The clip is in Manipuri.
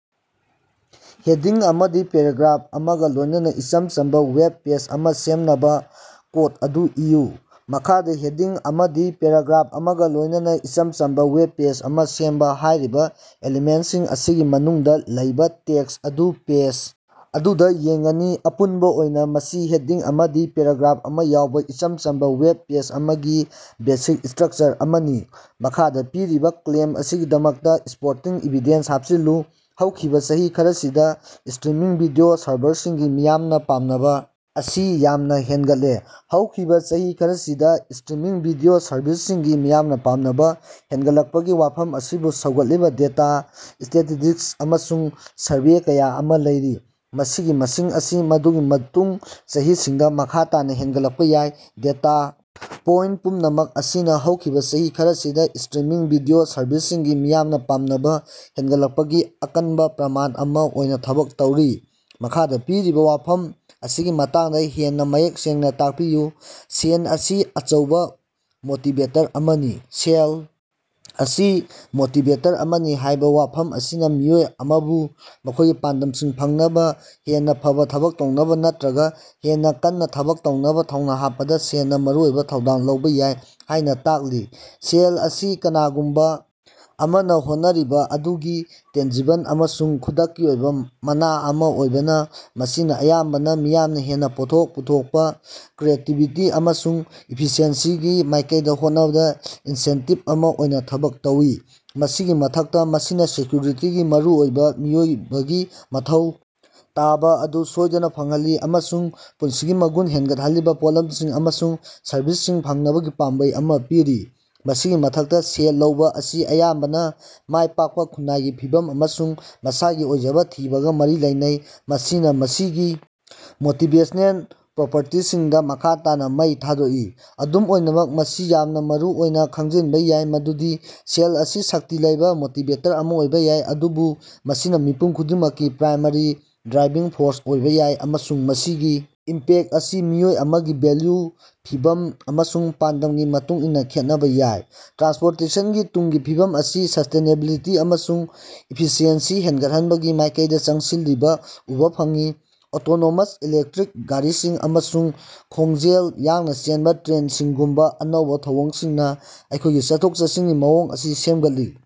ꯍꯦꯗꯤꯡ ꯑꯃꯗꯤ ꯄꯦꯔꯥꯒ꯭ꯔꯥꯐ ꯑꯃꯒ ꯂꯣꯏꯅꯅ ꯏꯆꯝ ꯆꯝꯕ ꯋꯦꯕ ꯄꯦꯖ ꯑꯃ ꯁꯦꯝꯅꯕ ꯀꯣꯗ ꯑꯗꯨ ꯏꯌꯨ꯫ ꯃꯈꯥꯗ ꯍꯦꯗꯤꯡ ꯑꯃꯗꯤ ꯄꯦꯔꯥꯒ꯭ꯔꯥꯐ ꯑꯃꯒ ꯂꯣꯏꯅꯅ ꯏꯆꯝ ꯆꯝꯕ ꯋꯦꯕꯄꯦꯖ ꯑꯃ ꯁꯦꯝꯕ꯫ ꯍꯥꯏꯔꯤꯕ ꯑꯦꯂꯤꯃꯦꯟꯠꯁꯤꯡ ꯑꯁꯤꯒꯤ ꯃꯅꯨꯡꯗ ꯂꯩꯕ ꯇꯦꯛꯁ ꯑꯗꯨ ꯄꯦꯖ ꯑꯗꯨꯗ ꯌꯦꯡꯒꯅꯤ꯫ ꯑꯄꯨꯟꯕ ꯑꯣꯏꯅ, ꯃꯁꯤ ꯍꯦꯗꯤꯡ ꯑꯃꯗꯤ ꯄꯦꯔꯥꯒ꯭ꯔꯥꯐ ꯑꯃ ꯌꯥꯎꯕ ꯏꯆꯝ ꯆꯝꯕ ꯋꯦꯕ ꯄꯦꯖ ꯑꯃꯒꯤ ꯕꯦꯁꯤꯛ ꯁ꯭ꯇꯔꯛꯆꯔ ꯑꯃꯅꯤ꯫ ꯃꯈꯥꯗ ꯄꯤꯔꯤꯕ ꯀ꯭ꯂꯦꯝ ꯑꯁꯤꯒꯤꯗꯃꯛꯇ ꯁꯄꯣꯔꯇꯤꯡ ꯏꯚꯤꯗꯦꯟꯁ ꯍꯥꯞꯆꯤꯜꯂꯨ꯫ ꯍꯧꯈꯤꯕ ꯆꯍꯤ ꯈꯔꯁꯤꯗ ꯁ꯭ꯇꯔꯤꯃꯤꯡ ꯚꯤꯗꯤꯑꯣ ꯁꯔꯚꯤꯁꯁꯤꯡꯒꯤ ꯃꯤꯌꯥꯝꯅ ꯄꯥꯝꯅꯕ ꯑꯁꯤ ꯌꯥꯝꯅ ꯍꯦꯟꯒꯠꯂꯦ꯫ ꯍꯧꯈꯤꯕ ꯆꯍꯤ ꯈꯔꯁꯤꯗ ꯁ꯭ꯇꯔꯤꯃꯤꯡ ꯚꯤꯗꯤꯑꯣ ꯁꯔꯚꯤꯁꯁꯤꯡꯒꯤ ꯃꯤꯌꯥꯝꯅ ꯄꯥꯝꯅꯕ ꯍꯦꯟꯒꯠꯂꯛꯄꯒꯤ ꯋꯥꯐꯝ ꯑꯁꯤꯕꯨ ꯁꯧꯒꯠꯂꯤꯕ ꯗꯦꯇꯥ, ꯁ꯭ꯇꯦꯇꯤꯁ꯭ꯇꯤꯛꯁ ꯑꯃꯁꯨꯡ ꯁꯔꯚꯦ ꯀꯌꯥ ꯑꯃ ꯂꯩꯔꯤ꯫ ꯃꯁꯤꯒꯤ ꯃꯁꯤꯡ ꯑꯁꯤ ꯃꯗꯨꯒꯤ ꯃꯇꯨꯡ ꯆꯍꯤꯁꯤꯡꯗ ꯃꯈꯥ ꯇꯥꯅ ꯍꯦꯟꯒꯠꯂꯛꯄ ꯌꯥꯏ꯫ ꯗꯦꯇꯥ ꯄꯣꯏꯟꯠ ꯄꯨꯝꯅꯃꯛ ꯑꯁꯤꯅ ꯍꯧꯈꯤꯕ ꯆꯍꯤ ꯈꯔꯁꯤꯗ ꯁ꯭ꯇꯔꯤꯃꯤꯡ ꯚꯤꯗꯤꯑꯣ ꯁꯔꯚꯤꯁꯁꯤꯡꯒꯤ ꯃꯤꯌꯥꯝꯅ ꯄꯥꯝꯅꯕ ꯍꯦꯟꯒꯠꯂꯛꯄꯒꯤ ꯑꯀꯟꯕ ꯄ꯭ꯔꯃꯥꯟ ꯑꯃ ꯑꯣꯏꯅ ꯊꯕꯛ ꯇꯧꯔꯤ꯫ ꯃꯈꯥꯗ ꯄꯤꯔꯤꯕ ꯋꯥꯐꯝ ꯑꯁꯤꯒꯤ ꯃꯇꯥꯡꯗ ꯍꯦꯟꯅ ꯃꯌꯦꯛ ꯁꯦꯡꯅ ꯇꯥꯛꯄꯤꯌꯨ꯫ ꯁꯦꯟ ꯑꯁꯤ ꯑꯆꯧꯕ ꯃꯣꯇꯤꯕꯦꯇꯔ ꯑꯃꯅꯤ꯫ "ꯁꯦꯜ ꯑꯁꯤ ꯃꯣꯇꯤꯕꯦꯇꯔ ꯑꯃꯅꯤ" ꯍꯥꯏꯕ ꯋꯥꯐꯝ ꯑꯁꯤꯅ ꯃꯤꯑꯣꯏ ꯑꯃꯕꯨ ꯃꯈꯣꯏꯒꯤ ꯄꯥꯟꯗꯝꯁꯤꯡ ꯐꯪꯅꯕ, ꯍꯦꯟꯅ ꯐꯕ ꯊꯕꯛ ꯇꯧꯅꯕ ꯅꯠꯇ꯭ꯔꯒ ꯍꯦꯟꯅ ꯀꯟꯅ ꯊꯕꯛ ꯇꯧꯅꯕ ꯊꯧꯅꯥ ꯍꯥꯞꯄꯗ ꯁꯦꯜꯅ ꯃꯔꯨꯑꯣꯏꯕ ꯊꯧꯗꯥꯡ ꯂꯧꯕ ꯌꯥꯏ ꯍꯥꯏꯅ ꯇꯥꯛꯂꯤ꯫ ꯁꯦꯜ ꯑꯁꯤ ꯀꯅꯥꯒꯨꯝꯕ ꯑꯃꯅ ꯍꯣꯠꯅꯔꯤꯕ ꯑꯗꯨꯒꯤ ꯇꯦꯟꯖꯤꯕꯜ ꯑꯃꯁꯨꯡ ꯈꯨꯗꯛꯀꯤ ꯑꯣꯏꯕ ꯃꯅꯥ ꯑꯃ ꯑꯣꯏꯕꯅ, ꯃꯁꯤꯅ ꯑꯌꯥꯝꯕꯅ ꯃꯤꯌꯥꯝꯅ ꯍꯦꯟꯅ ꯄꯣꯠꯊꯣꯛ ꯄꯨꯊꯣꯛꯄ, ꯀ꯭ꯔꯤꯌꯦꯇꯤꯕꯤꯇꯤ ꯑꯃꯁꯨꯡ ꯏꯐꯤꯁꯤꯑꯦꯟꯁꯤꯒꯤ ꯃꯥꯏꯀꯩꯗ ꯍꯣꯠꯅꯕꯗ ꯏꯟꯁꯦꯟꯇꯤꯕ ꯑꯃ ꯑꯣꯏꯅ ꯊꯕꯛ ꯇꯧꯏ꯫ ꯃꯁꯤꯒꯤ ꯃꯊꯛꯇ, ꯃꯁꯤꯅ ꯁꯦꯀ꯭ꯌꯨꯔꯤꯇꯤꯒꯤ ꯃꯔꯨꯑꯣꯏꯕ ꯃꯤꯑꯣꯏꯕꯒꯤ ꯃꯊꯧ ꯇꯥꯕ ꯑꯗꯨ ꯁꯣꯏꯗꯅ ꯐꯪꯍꯜꯂꯤ ꯑꯃꯁꯨꯡ ꯄꯨꯟꯁꯤꯒꯤ ꯃꯒꯨꯟ ꯍꯦꯟꯒꯠꯍꯜꯂꯤꯕ ꯄꯣꯠꯂꯝꯁꯤꯡ ꯑꯃꯁꯨꯡ ꯁꯔꯕꯤꯁꯁꯤꯡ ꯐꯪꯅꯕꯒꯤ ꯄꯥꯝꯕꯩ ꯑꯃ ꯄꯤꯔꯤ꯫ ꯃꯁꯤꯒꯤ ꯃꯊꯛꯇ, ꯁꯦꯟ ꯂꯧꯕ ꯑꯁꯤ ꯑꯌꯥꯝꯕꯅ ꯃꯥꯏ ꯄꯥꯛꯄ, ꯈꯨꯟꯅꯥꯏꯒꯤ ꯐꯤꯚꯝ, ꯑꯃꯁꯨꯡ ꯃꯁꯥꯒꯤ ꯑꯣꯏꯖꯕ ꯊꯤꯕꯒ ꯃꯔꯤ ꯂꯩꯅꯩ, ꯃꯁꯤꯅ ꯃꯁꯤꯒꯤ ꯃꯣꯇꯤꯕꯦꯁꯅꯦꯜ ꯄ꯭ꯔꯣꯄꯔꯇꯤꯁꯤꯡꯗ ꯃꯈꯥ ꯇꯥꯅ ꯃꯩ ꯊꯥꯗꯣꯛꯏ꯫ ꯑꯗꯨꯝ ꯑꯣꯏꯅꯃꯛ, ꯃꯁꯤ ꯌꯥꯝꯅ ꯃꯔꯨꯑꯣꯏꯅ ꯈꯪꯖꯤꯟꯕ ꯌꯥꯏ ꯃꯗꯨꯗꯤ ꯁꯦꯜ ꯑꯁꯤ ꯁꯛꯇꯤ ꯂꯩꯕ ꯃꯣꯇꯤꯕꯦꯇꯔ ꯑꯃ ꯑꯣꯏꯕ ꯌꯥꯏ, ꯑꯗꯨꯕꯨ ꯃꯁꯤꯅ ꯃꯤꯄꯨꯝ ꯈꯨꯗꯤꯡꯃꯛꯀꯤ ꯄ꯭ꯔꯥꯏꯃꯥꯔꯤ ꯗ꯭ꯔꯥꯏꯚꯤꯡ ꯐꯣꯔꯁ ꯑꯣꯏꯕ ꯌꯥꯏ, ꯑꯃꯁꯨꯡ ꯃꯁꯤꯒꯤ ꯏꯝꯄꯦꯛ ꯑꯁꯤ ꯃꯤꯑꯣꯏ ꯑꯃꯒꯤ ꯚꯦꯜꯌꯨ, ꯐꯤꯚꯝ ꯑꯃꯁꯨꯡ ꯄꯥꯟꯗꯝꯒꯤ ꯃꯇꯨꯡꯏꯟꯅ ꯈꯦꯠꯅꯕ ꯌꯥꯏ꯫ ꯇ꯭ꯔꯥꯟꯁꯄꯣꯔꯇꯦꯁꯟꯒꯤ ꯇꯨꯡꯒꯤ ꯐꯤꯕꯝ ꯑꯁꯤ ꯁ꯭ꯁꯇꯦꯅꯦꯕꯤꯂꯤꯇꯤ ꯑꯃꯁꯨꯡ ꯏꯐꯤꯁꯤꯑꯦꯟꯁꯤ ꯍꯦꯟꯒꯠꯍꯟꯕꯒꯤ ꯃꯥꯏꯀꯩꯗ ꯆꯪꯁꯤꯜꯂꯤꯕ ꯎꯕ ꯐꯪꯏ, ꯑꯣꯇꯣꯅꯣꯃꯁ ꯏꯂꯦꯛꯇ꯭ꯔꯤꯛ ꯒꯥꯔꯤꯁꯤꯡ ꯑꯃꯁꯨꯡ ꯈꯣꯡꯖꯦꯜ ꯌꯥꯡꯅ ꯆꯦꯟꯕ ꯇ꯭ꯔꯦꯟꯁꯤꯡꯒꯨꯝꯕ ꯑꯅꯧꯕ ꯊꯧꯑꯣꯡꯁꯤꯡꯅ ꯑꯩꯈꯣꯏꯒꯤ ꯆꯠꯊꯣꯛ-ꯆꯠꯁꯤꯟꯒꯤ ꯃꯑꯣꯡ ꯑꯁꯤ ꯁꯦꯝꯒꯠꯂꯤ꯫